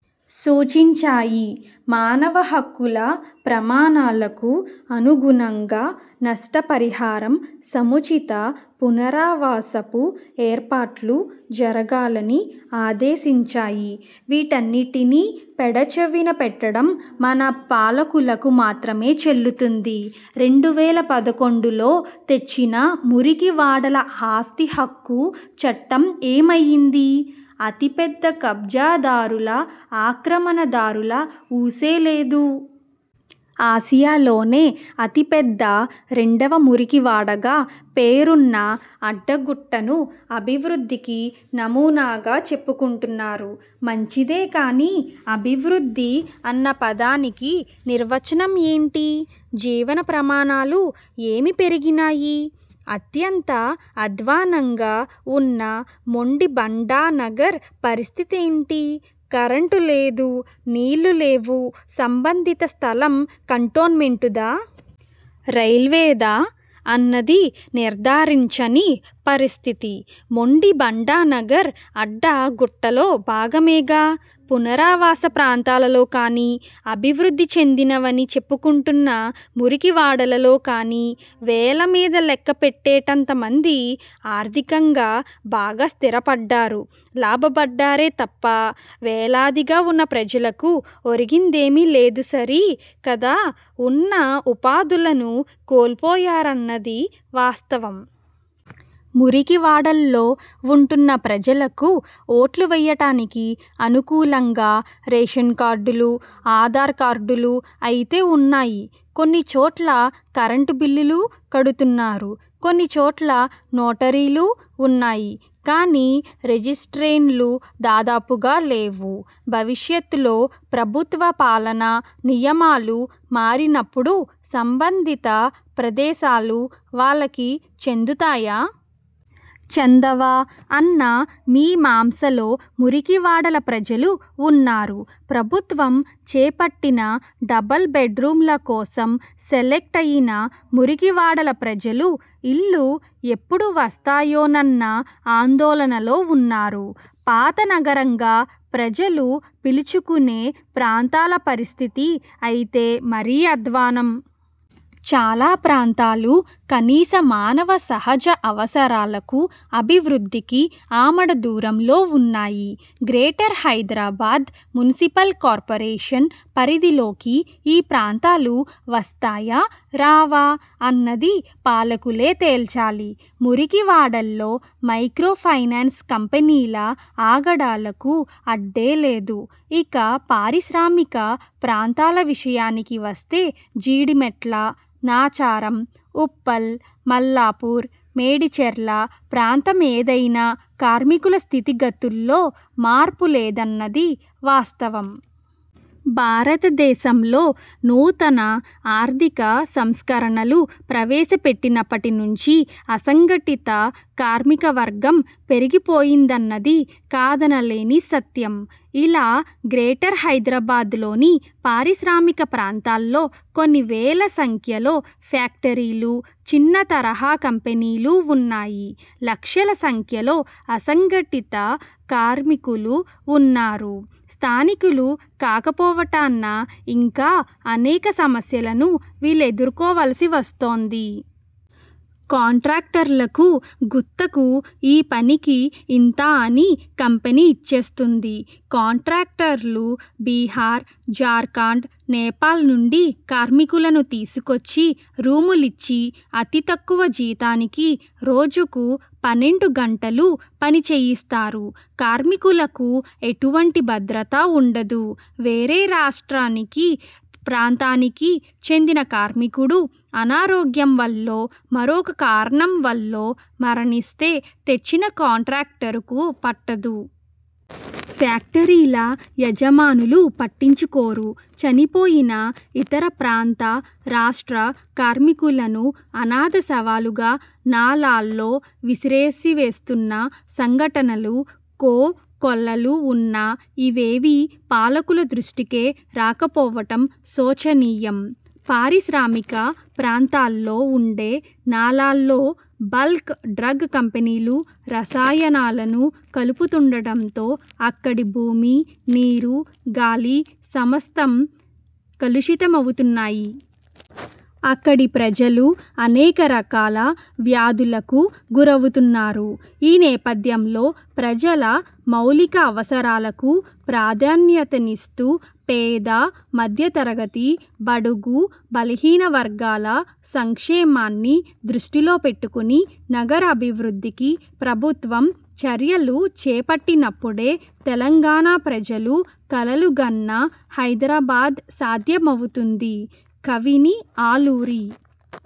సూచించాయి. మానవ హక్కుల ప్రమాణాలకు అనుగుణంగా నష్ట పరిహారం, సముచిత పునరావాసపు ఏర్పాట్లు జరగాలని ఆదేశించాయి. వీటన్నింటినీ పెడ చెవిన పెట్టడం మన పాలకులకు మాత్రమే చెల్లుతుంది. రెండు వేల పదకొండులో తెచ్చిన మురికివాడల ఆస్తి హక్కు చట్టం ఏమయ్యింది? అతి పెద్ద కబ్జా దారుల, ఆక్రమణ దారుల ఊసే లేదు? ఆసియాలోనే అతి పెద్ద రెండవ మురికి వాడగా పేరున్న అడ్డగుట్టను అభివృద్ధికి నమూనాగా చెప్పుకుంటున్నారు. మంచిదే కానీ, అభివృద్ధి అన్న పదానికి నిర్వచనం ఏంటి? జీవన ప్రమాణాలు ఏమి పెరిగినాయి? అత్యంత అధ్వానంగా ఉన్న మొండి బండా నగర్ పరిస్థితి ఏంటి? కరెంటు లేదు, నీళ్ళు లేవు, సంబంధిత స్థలం కంటోన్మెంటుదా? రైల్వేదా? అన్నది నిర్ధారించని పరిస్థితి. మొండి బండా నగర్ అడ్డ గుట్టలో భాగమేగా! పునరావాస ప్రాంతాలలో కానీ, అభివృద్ధి చెందినవని చెప్పుకుంటున్న మురికి వాడలలో కానీ వేళ్ళ మీద లెక్క పెట్టేటంత మంది ఆర్థికంగా బాగా స్థిర పడ్డారు, లాభపడ్డారే తప్ప వేలాదిగా ఉన్న ప్రజలకు ఒరిగిందేమీ లేదు సరి కదా ఉన్న ఉపాధులను కోల్పోయారన్నది వాస్తవం. మురికి వాడల్లో ఉంటున్న ప్రజలకు ఓట్లు వెయ్యటానికి అనుకూలంగా రేషన్ కార్డులు, ఆధార్ కార్డులు అయితే ఉన్నాయి. కొన్ని చోట్ల కరెంటు బిల్లులూ కడుతున్నారు! కొన్ని చోట్ల నోటరీలు ఉన్నాయి. కానీ రిజిస్ట్రేన్లు దాదాపుగా లేవు. భవిష్యత్లో ప్రభుత్వ పాలనా నియమాలు మారినప్పుడు సంబంధిత ప్రదేశాలు వాళ్ళకు చెందుతాయా? చెందవా? అన్న మీ మాంసలో మురికి వాడల ప్రజలు ఉన్నారు. ప్రభుత్వం చేపట్టిన డబల్ బెడ్ రూమ్ల కోసం సెలెక్ట్ అయిన మురికి వాడల ప్రజలు ఇళ్లు ఎప్పుడు వస్తాయోనన్న ఆందోళనలో ఉన్నారు. పాత నగరంగా ప్రజలు పిలుచుకునే ప్రాంతాల పరిస్థితి అయితే మరీ అధ్వానం. చాలా ప్రాంతాలు కనీస మానవ సహజ అవసరాలకు, అభివృద్ధికి ఆమడ దూరంలో ఉన్నాయి. గ్రేటర్ హైదరాబాద్ మున్సిపల్ కార్పొరేషన్ పరిధిలోకి ఈ ప్రాంతాలు వస్తాయా? రావా? అన్నది పాలకులే తేల్చాలి. మురికి వాడల్లో మైక్రో ఫైనాన్స్ కంపెనీల ఆగడాలకు అడ్డే లేదు. ఇక పారిశ్రామిక ప్రాంతాల విషయానికి వస్తే జీడిమెట్ల, నాచారం, ఉప్పల్, మల్లాపూర్, మేడిచెర్ల ప్రాంతమేదైనా కార్మికుల స్థితి గతుల్లో మార్పు లేదన్నది వాస్తవం. భారతదేశంలో నూతన ఆర్థిక సంస్కరణలు ప్రవేశ పెట్టినప్పటి నుంచీ అసంఘటిత కార్మికవర్గం పెరిగి పోయిందన్నది కాదనలేని సత్యం. ఇలా గ్రేటర్ హైదరాబాద్లోని పారిశ్రామిక ప్రాంతాల్లో కొన్ని వేల సంఖ్యలో ఫ్యాక్టరీలు, చిన్న తరహా కంపెనీలు ఉన్నాయి. లక్షల సంఖ్యలో అసంఘటిత కార్మికులు ఉన్నారు. స్థానికులు కాకపోవటాన ఇంకా అనేక సమస్యలను వీళ్ళు ఎదుర్కోవలసి వస్తోంది. కాంట్రాక్టర్లకు గుత్తకు ఈ పనికి ఇంత అని కంపెనీ ఇచ్చేస్తుంది. కాంట్రాక్టర్లు బిహార్, జార్ఖండ్, నేపాల్ నుండి కార్మికులను తీసుకొచ్చి రూములిచ్చి అతి తక్కువ జీతానికి రోజుకు పన్నెండు గంటలు పని చేయిస్తారు. కార్మికులకు ఎటువంటి భద్రతా ఉండదు. వేరే రాష్టానికి, ప్రాంతానికి చెందిన కార్మికుడు అనారోగ్యం వల్లో, మరొక కారణం వల్లో మరణిస్తే తెచ్చిన కాంట్రాక్టరు కు పట్టదు. ఫ్యాక్టరీల యజమానులు పట్టించుకోరు. చనిపోయిన ఇతర ప్రాంత, రాష్ట్ర కార్మికులను అనాథ శవాలుగా నాలాల్లో విసిరివేస్తున్న సంఘటనలు కో కొల్లలు ఉన్నా, ఇవేవీ పాలకుల దృష్టికే రాక పోవటం శోచనీయం. పారిశ్రామిక ప్రాంతాల్లో ఉండే నాలాల్లో బల్క్ డ్రగ్ కంపెనీలు రసాయనాలను కలుపుతుండడంతో అక్కడి భూమి, నీరు, గాలి సమస్తం కలుషిత మవుతున్నాయి. అక్కడి ప్రజలు అనేక రకాల వ్యాధులకు గురవుతున్నారు. ఈ నేపథ్యంలో ప్రజల మౌలిక అవసరాలకు ప్రాధాన్యతనిస్తూ, పేద, మధ్య తరగతి, బడుగు, బలహీన వర్గాల సంక్షేమాన్ని దృష్టిలో పెట్టుకుని నగర అభివృద్ధికి ప్రభుత్వం చర్యలు చేపట్టినప్పుడే తెలంగాణ ప్రజలు కలలు గన్న హైదరాబాద్ సాధ్యమవుతుంది. కవిని ఆలూరి